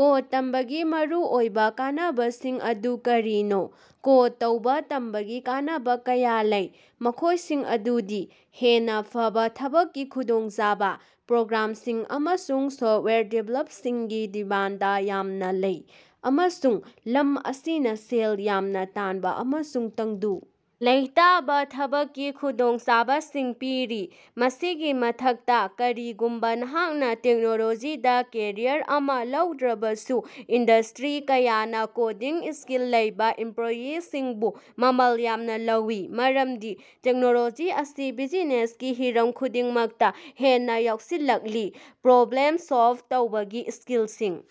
Code ꯇꯝꯕꯒꯤ ꯃꯔꯨꯑꯣꯏꯕ ꯀꯥꯟꯅꯕꯁꯤꯡ ꯑꯗꯨ ꯀꯔꯤꯅꯣ? ꯀꯣꯗ ꯇꯧꯕ ꯇꯝꯕꯒꯤ ꯀꯥꯟꯅꯕ ꯀꯌꯥ ꯂꯩ, ꯃꯈꯣꯏꯁꯤꯡ ꯑꯗꯨꯗꯤ: ꯍꯦꯟꯅ ꯐꯕ ꯊꯕꯛꯀꯤ ꯈꯨꯗꯣꯡꯆꯥꯕ: ꯄ꯭ꯔꯣꯒ꯭ꯔꯥꯝꯁꯤꯡ ꯑꯃꯁꯨꯡ ꯁꯣꯐꯋꯦꯌꯔ ꯗꯤꯕꯦꯂꯞꯔꯁꯤꯡꯒꯤ ꯗꯤꯃꯥꯟꯗ ꯌꯥꯝꯅ ꯂꯩ, ꯑꯃꯁꯨꯡ ꯂꯝ ꯑꯁꯤꯅ ꯁꯦꯜ ꯌꯥꯝꯅ ꯇꯥꯟꯕ ꯑꯃꯁꯨꯡ ꯇꯪꯗꯨ ꯂꯩꯇꯥꯕ ꯊꯕꯛꯀꯤ ꯈꯨꯗꯣꯡꯆꯥꯕꯁꯤꯡ ꯄꯤꯔꯤ꯫ ꯃꯁꯤꯒꯤ ꯃꯊꯛꯇ, ꯀꯔꯤꯒꯨꯝꯕ ꯅꯍꯥꯛꯅ ꯇꯦꯛꯅꯣꯂꯣꯖꯤꯗ ꯀꯦꯔꯤꯌꯔ ꯑꯃ ꯂꯧꯗ꯭ꯔꯕꯁꯨ, ꯏꯟꯗꯁ꯭ꯠꯔꯤ ꯀꯌꯥꯅ ꯀꯣꯗꯤꯡ ꯁ꯭ꯀꯤꯜ ꯂꯩꯕ ꯏꯝꯄꯂꯣꯌꯤꯁꯤꯡꯕꯨ ꯃꯃꯜ ꯌꯥꯝꯅ ꯂꯧꯏ, ꯃꯔꯝꯗꯤ ꯇꯦꯛꯅꯣꯂꯣꯖꯤ ꯑꯁꯤ ꯕꯤꯖꯤꯅꯦꯁꯀꯤ ꯍꯤꯔꯝ ꯈꯨꯗꯤꯡꯃꯛꯇ ꯍꯦꯟꯅ ꯌꯥꯑꯣꯁꯤꯜꯂꯛꯂꯤ꯫ ꯄ꯭ꯔꯣꯕ꯭ꯂꯦꯃ ꯁꯣꯜꯕ ꯇꯧꯕꯒꯤ ꯁ꯭ꯀꯤꯂꯁꯤꯡ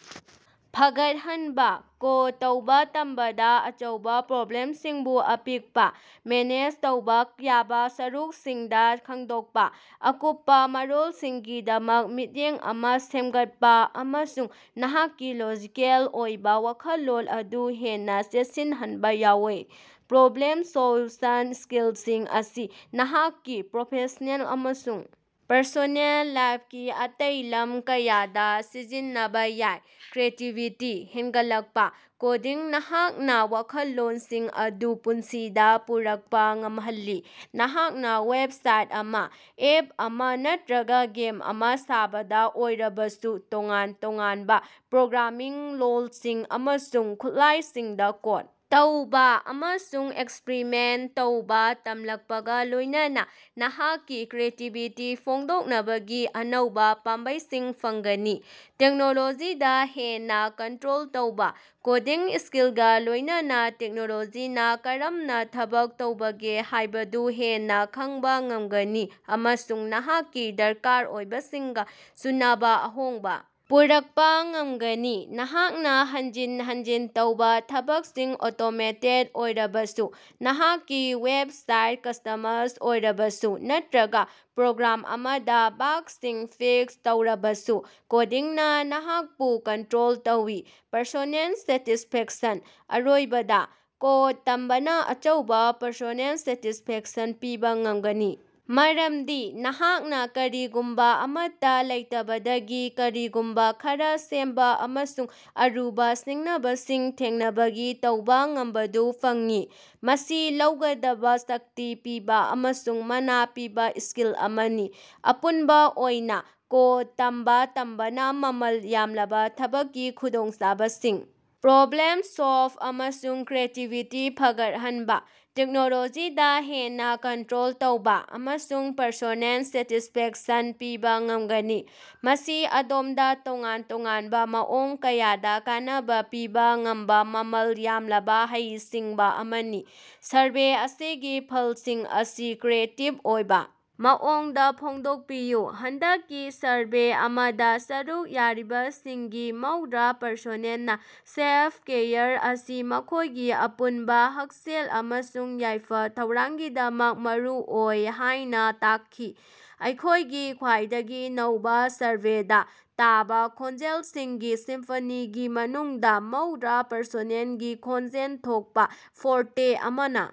ꯐꯒꯠꯍꯅꯕ: ꯀꯣꯗ ꯇꯧꯕ ꯇꯝꯕꯗ ꯑꯆꯧꯕ ꯄ꯭ꯔꯣꯕ꯭ꯂꯦꯃꯁꯤꯡꯕꯨ ꯑꯄꯤꯛꯄ, ꯃꯦꯅꯦꯖ ꯇꯧꯕ ꯌꯥꯕ ꯁꯔꯨꯛꯁꯤꯡꯗ ꯈꯥꯐꯗꯣꯛꯄ, ꯑꯀꯨꯞꯄ ꯃꯔꯣꯜꯁꯤꯡꯒꯤꯗꯃꯛ ꯃꯤꯠꯌꯦꯡ ꯑꯃ ꯁꯦꯝꯒꯠꯄ ꯑꯃꯁꯨꯡ ꯅꯍꯥꯛꯀꯤ ꯂꯣꯖꯤꯀꯦꯜ ꯑꯣꯏꯕ ꯋꯥꯈꯜꯂꯣꯟ ꯑꯗꯨ ꯍꯦꯟꯅ ꯆꯦꯠꯁꯤꯜꯍꯟꯕ ꯌꯥꯑꯣꯏ꯫ ꯄ꯭ꯔꯣꯕ꯭ꯂꯦꯝ ꯁꯣꯜꯌꯨꯁꯟ ꯁ꯭ꯀꯤꯂꯁꯤꯡ ꯑꯁꯤ ꯅꯍꯥꯛꯀꯤ ꯄ꯭ꯔꯣꯐꯦꯁꯅꯦꯜ ꯑꯃꯁꯨꯡ ꯄꯔꯁꯣꯅꯦꯜ ꯂꯥꯏꯐꯀꯤ ꯑꯇꯩ ꯂꯝ ꯀꯌꯥꯗ ꯁꯤꯖꯤꯟꯅꯕ ꯌꯥꯏ꯫ ꯀ꯭ꯔꯤꯌꯦꯇꯤꯕꯤꯇꯤ ꯍꯦꯟꯒꯠꯂꯛꯄ: ꯀꯣꯗꯤꯡꯅ ꯅꯍꯥꯛꯀꯤ ꯋꯥꯈꯜꯂꯣꯅꯁꯤꯡ ꯑꯗꯨ ꯄꯨꯟꯁꯤꯗ ꯄꯨꯔꯛꯄ ꯉꯝꯍꯜꯂꯤ, ꯅꯍꯥꯛꯅ ꯋꯦꯕꯁꯥꯏꯠ ꯑꯃ, ꯑꯦꯞ ꯑꯃꯥ ꯅꯠꯇꯔꯒ ꯒꯦꯝ ꯑꯃ ꯁꯥꯕꯗ ꯑꯣꯏꯔꯕꯁꯨ꯫ ꯇꯣꯉꯥꯟ ꯇꯣꯉꯥꯟꯕ ꯄ꯭ꯔꯣꯒ꯭ꯔꯥꯃꯤꯡ ꯂꯣꯜꯁꯤꯡ ꯑꯃꯁꯨꯡ ꯈꯨꯠꯂꯥꯌꯁꯤꯡꯗ ꯀꯣꯗ ꯇꯧꯕ ꯑꯃꯁꯨꯡ ꯑꯦꯛꯁꯄꯔꯤꯃꯦꯟꯇ ꯇꯧꯕ ꯇꯝꯂꯛꯄꯒ ꯂꯣꯏꯅꯅ ꯅꯍꯥꯛꯀꯤ ꯀ꯭ꯔꯤꯌꯦꯇꯤꯕꯤꯇꯤ ꯐꯣꯡꯗꯣꯛꯅꯕꯒꯤ ꯑꯅꯧꯕ ꯄꯥꯝꯕꯩꯁꯤꯡ ꯐꯪꯒꯅꯤ꯫ ꯇꯦꯛꯅꯣꯂꯣꯖꯤꯗꯥ ꯍꯦꯟꯅ ꯀꯟꯠꯔꯣꯜ ꯇꯧꯕ: ꯀꯣꯗꯤꯡ ꯁ꯭ꯀꯤꯜꯒ ꯂꯣꯏꯅꯅ ꯇꯦꯛꯅꯣꯂꯣꯖꯤꯅ ꯀꯔꯝꯅ ꯊꯕꯛ ꯇꯧꯕꯒꯦ ꯍꯥꯏꯕꯗꯨ ꯍꯦꯟꯅ ꯈꯡꯕ ꯉꯝꯒꯅꯤ ꯑꯃꯁꯨꯡ ꯅꯍꯥꯛꯀꯤ ꯗꯔꯀꯥꯔ ꯑꯣꯏꯕꯁꯤꯡꯒ ꯆꯨꯅꯕ ꯑꯍꯣꯡꯕ ꯄꯨꯔꯛꯄ ꯉꯝꯒꯅꯤ꯫ ꯅꯍꯥꯛꯅ ꯍꯟꯖꯤꯟ ꯍꯟꯖꯤꯟ ꯇꯧꯕ ꯊꯕꯛꯁꯤꯡ ꯑꯣꯇꯣꯃꯦꯇꯦꯗ ꯑꯣꯏꯔꯕꯁꯨ, ꯅꯍꯥꯛꯀꯤ ꯋꯦꯕꯁꯥꯏꯠ ꯀꯁ꯭ꯇꯃꯁ ꯑꯣꯏꯔꯕꯁꯨ, ꯅꯠꯇꯔꯒ ꯄ꯭ꯔꯣꯒ꯭ꯔꯥꯝ ꯑꯃꯗ ꯕꯥꯒꯁꯤꯡ ꯐꯤꯛꯁ ꯇꯧꯔꯕꯁꯨ, ꯀꯣꯗꯤꯡꯅ ꯅꯍꯥꯛꯄꯨ ꯀꯟꯠꯔꯣꯜ ꯇꯧꯏ꯫ ꯄꯔꯁꯣꯅꯦꯜ ꯁꯦꯇꯤꯁꯐꯦꯛꯁꯟ: ꯑꯔꯣꯏꯕꯗ, ꯀꯣꯗ ꯇꯝꯕꯅ ꯑꯆꯧꯕ ꯄꯔꯁꯣꯅꯦꯜ ꯁꯦꯇꯤꯁꯐꯦꯛꯁꯟ ꯄꯤꯕ ꯉꯃꯒꯅꯤ, ꯃꯔꯃꯗꯤ ꯅꯍꯥꯛꯅ ꯀꯔꯤꯒꯨꯝꯕ ꯑꯃꯠꯇ ꯂꯩꯇꯕꯗꯒꯤ ꯀꯔꯤꯒꯨꯝꯕ ꯈꯔꯥ ꯁꯦꯝꯕ ꯑꯃꯁꯨꯡ ꯑꯔꯨꯕ ꯁꯤꯡꯅꯕꯁꯤꯡ ꯊꯦꯡꯅꯕꯒꯤ ꯇꯧꯕꯥ ꯉꯝꯕꯗꯨ ꯐꯪꯏ꯫ ꯃꯁꯤ ꯂꯩꯒꯗꯕ ꯁꯛꯇꯤ ꯄꯤꯕ ꯑꯃꯁꯨꯡ ꯃꯅꯥ ꯄꯤꯕ ꯁ꯭ꯀꯤꯜ ꯑꯃꯅꯤ꯫ ꯑꯄꯨꯟꯕꯥ ꯑꯣꯏꯅ, ꯀꯣꯗ ꯇꯝꯕ ꯇꯝꯕꯅ ꯃꯃꯜ ꯌꯥꯝꯂꯕ ꯊꯕꯛꯀꯤ ꯈꯨꯗꯣꯡꯆꯥꯕꯁꯤꯡ, ꯄ꯭ꯔꯣꯕ꯭ꯂꯦꯝ ꯁꯣꯜꯕ ꯑꯃꯁꯨꯡ ꯀ꯭ꯔꯤꯌꯦꯇꯤꯕꯤꯇꯤ ꯐꯒꯠꯍꯅꯕ, ꯇꯦꯛꯅꯣꯂꯣꯖꯤꯗ ꯍꯦꯟꯅ ꯀꯟꯠꯔꯣꯜ ꯇꯧꯕ, ꯑꯃꯁꯨꯡ ꯄꯔꯁꯣꯅꯦꯜ ꯁꯦꯇꯤꯁꯐꯦꯛꯁꯟ ꯄꯤꯕ ꯉꯃꯒꯅꯤ꯫ ꯃꯁꯤ ꯑꯗꯣꯝꯗ ꯇꯣꯉꯥꯟ ꯇꯣꯉꯥꯟꯕ ꯃꯑꯣꯡ ꯀꯌꯥꯗ ꯀꯥꯟꯅꯕ ꯄꯤꯕ ꯉꯝꯕ ꯃꯃꯜ ꯌꯥꯝꯂꯕ ꯍꯩꯁꯤꯡꯕ ꯑꯃꯅꯤ꯫ ꯁꯔꯚꯦ ꯑꯁꯤꯒꯤ ꯐꯂꯁꯤꯡ ꯑꯁꯤ ꯀ꯭ꯔꯤꯌꯦꯇꯤꯕ ꯑꯣꯏꯕ ꯃꯑꯣꯡꯗ ꯐꯣꯡꯗꯣꯀꯄꯤꯌꯨ꯫ ꯍꯟꯗꯛꯀꯤ ꯁꯔꯚꯦ ꯑꯃꯗ ꯁꯔꯨꯛ ꯌꯥꯔꯤꯕꯁꯤꯡꯒꯤ ꯃꯧꯗ꯭ꯔꯥ ꯄꯔꯁꯦꯟꯅꯥ ꯁꯦꯜꯐ-ꯀꯦꯌꯔ ꯑꯁꯤ ꯃꯈꯣꯏꯒꯤ ꯑꯄꯨꯟꯕ ꯍꯛꯁꯦꯜ ꯑꯃꯁꯨꯡ ꯌꯥꯏꯐ-ꯊꯧꯔꯥꯡꯒꯤꯗꯃꯛ ꯃꯔꯨꯑꯣꯏ ꯍꯥꯏꯅ ꯇꯥꯛꯈꯤ꯫ ꯑꯩꯈꯣꯏꯒꯤ ꯈ꯭ꯋꯥꯏꯗꯒꯤ ꯅꯧꯕ ꯁꯔꯚꯦꯗ ꯇꯥꯕ ꯈꯣꯟꯖꯦꯂꯁꯤꯡꯒꯤ ꯁꯤꯝꯐꯅꯤꯒꯤ ꯃꯅꯨꯡꯗ ꯃꯧꯗ꯭ꯔ ꯄꯔꯁꯦꯟꯒꯤ ꯈꯣꯟꯖꯦꯜ ꯊꯣꯛꯄ ꯐꯣꯔꯇꯦ ꯑꯃꯅ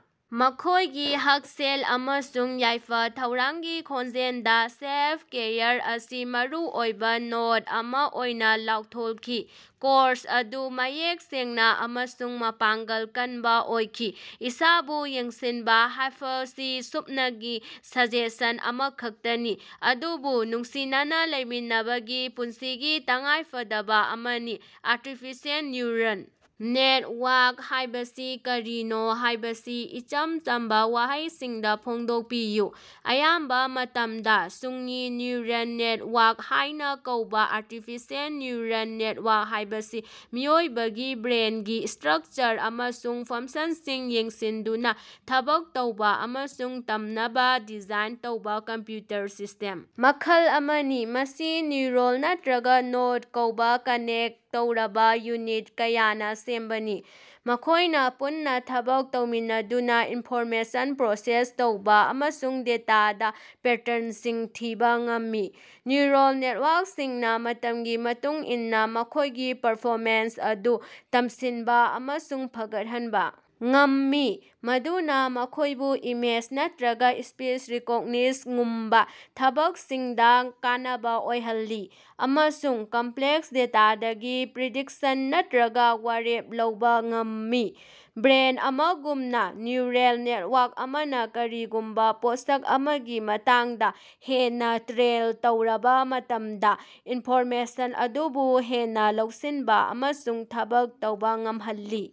ꯃꯈꯣꯏꯒꯤ ꯍꯛꯁꯦꯜ ꯑꯃꯁꯨꯡ ꯌꯥꯏꯐ-ꯊꯧꯔꯥꯡꯒꯤ ꯈꯣꯟꯖꯦꯜꯗ ꯁꯦꯜꯐ-ꯀꯦꯌꯔ ꯑꯁꯤ ꯃꯔꯨꯑꯣꯏꯕ ꯅꯣꯠ ꯑꯃ ꯑꯣꯏꯅ ꯂꯥꯎꯊꯣꯜꯈꯤ꯫ ꯀꯣꯔꯁ ꯑꯗꯨ ꯃꯌꯦꯛ ꯁꯦꯡꯅ ꯑꯃꯁꯨꯡ ꯃꯄꯥꯡꯒꯜ ꯀꯅꯕ ꯑꯣꯏꯈꯤ; ꯏꯁꯥꯕꯨ ꯌꯦꯡꯁꯤꯅꯕ ꯍꯥꯐꯕꯁꯤ ꯁꯨꯞꯅꯉꯤ ꯁꯖꯦꯁꯟ ꯑꯃꯈꯛꯇꯅꯤ, ꯑꯗꯨꯕꯨ ꯅꯨꯡꯁꯤꯅꯅ ꯂꯩꯃꯤꯟꯅꯕꯒꯤ ꯄꯨꯟꯁꯤꯒꯤ ꯇꯉꯥꯏꯐꯗꯕꯥꯑꯃꯅꯤ꯫ ꯑꯥꯔꯇꯤꯐꯤꯁꯤꯑꯦꯜ ꯅ꯭ꯌꯨꯔꯜ ꯅꯦꯇꯋꯥꯔꯛ ꯍꯥꯌꯕꯁꯤ ꯀꯔꯤꯅꯣ ꯍꯥꯌꯕꯁꯤ ꯏꯆꯝ ꯆꯝꯕ ꯋꯥꯍꯩꯁꯤꯡꯗ ꯐꯣꯡꯗꯣꯛꯄꯤꯌꯨ꯫ ꯑꯌꯥꯝꯕ ꯃꯇꯝꯗ ꯁꯨꯞꯉꯤ "ꯅ꯭ꯌꯨꯔꯜ ꯅꯦꯇꯋꯥꯔꯛ" ꯍꯥꯏꯅ ꯀꯧꯕ ꯑꯥꯔꯇꯤꯐꯤꯁꯤꯑꯦꯜ ꯅ꯭ꯌꯨꯔꯜ ꯅꯦꯠꯋꯥꯔꯛ ꯍꯥꯏꯕꯁꯤ ꯃꯤꯑꯣꯏꯕꯒꯤ ꯕ꯭ꯔꯦꯟꯒꯤ ꯏꯁ꯭ꯠꯔꯛꯆꯔ ꯑꯃꯁꯨꯡ ꯐꯡꯁꯟꯁꯤꯡ ꯌꯦꯡꯁꯤꯟꯗꯨꯅ ꯊꯕꯛ ꯇꯧꯕ ꯑꯃꯁꯨꯡ ꯇꯝꯅꯕ ꯗꯤꯖꯥꯏꯟ ꯇꯧꯕ ꯀꯝꯄꯌꯨꯇꯔ ꯁꯤꯁ꯭ꯇꯦꯝ ꯃꯈꯜ ꯑꯃꯅꯤ꯫ ꯃꯁꯤ ꯅ꯭ꯌꯨꯔꯣꯟ ꯅꯠꯇꯔꯒ ꯅꯣꯗ ꯀꯧꯕ ꯀꯅꯦꯛꯇ ꯇꯧꯔꯕ ꯌꯨꯅꯤꯠ ꯀꯌꯥꯅ ꯁꯦꯝꯕꯅꯤ, ꯃꯈꯣꯏꯅ ꯄꯨꯟꯅ ꯊꯕꯛ ꯇꯧꯃꯤꯟꯅꯗꯨꯅ ꯏꯟꯐꯣꯔꯃꯦꯁꯟ ꯄ꯭ꯔꯣꯁꯦꯁ ꯇꯧꯕ ꯑꯃꯁꯨꯡ ꯗꯦꯇꯥꯗ ꯄꯦꯇꯔꯟꯁꯤꯡ ꯊꯤꯕ ꯉꯝꯃꯤ꯫ ꯅ꯭ꯌꯨꯔꯜ ꯅꯦꯇꯋꯥꯔꯛꯁꯤꯡꯅ ꯃꯇꯝꯒꯤ ꯃꯇꯨꯡꯏꯟꯅ ꯃꯈꯣꯏꯒꯤ ꯄꯔꯐꯣꯃꯦꯟꯁ ꯑꯗꯨ ꯇꯝꯁꯤꯟꯕꯥꯑꯃꯁꯨꯡ ꯐꯒꯠꯍꯟꯕ ꯉꯝꯃꯤ, ꯃꯗꯨꯅ ꯃꯈꯣꯐꯕꯨ ꯏꯃꯦꯖ ꯅꯠꯇꯔꯒ ꯁ꯭ꯄꯤꯆ ꯔꯤꯀꯣꯒꯅꯤꯁꯉꯨꯝꯕ ꯊꯕꯛꯁꯤꯡꯗ ꯀꯥꯟꯅꯕ ꯑꯣꯏꯍꯜꯂꯤ, ꯑꯃꯁꯨꯡ ꯀꯝꯄꯂꯦꯛꯁ ꯗꯦꯇꯥꯗꯒꯤ ꯄ꯭ꯔꯤꯗꯤꯛꯁꯟ ꯅꯠꯇꯔꯒꯥ ꯋꯥꯔꯦꯞ ꯂꯧꯕ ꯉꯝꯃꯤ꯫ ꯕ꯭ꯔꯦꯟ ꯑꯃꯒꯨꯝꯅ, ꯅ꯭ꯌꯨꯔꯜ ꯅꯦꯇꯋꯥꯔꯛ ꯑꯃꯅꯥ ꯀꯔꯤꯒꯨꯝꯕ ꯄꯣꯠꯁꯛ ꯑꯃꯒꯤ ꯃꯇꯥꯡꯗ ꯍꯦꯟꯅ ꯇ꯭ꯔꯦꯟ ꯇꯧꯔꯕ ꯃꯇꯝꯗ, ꯏꯟꯐꯣꯔꯃꯦꯁꯟ ꯑꯗꯨꯕꯨ ꯍꯦꯟꯅ ꯂꯧꯁꯤꯟꯕ ꯑꯃꯁꯨꯡ ꯊꯕꯛ ꯇꯧꯕ ꯉꯃꯍꯜꯂꯤ꯫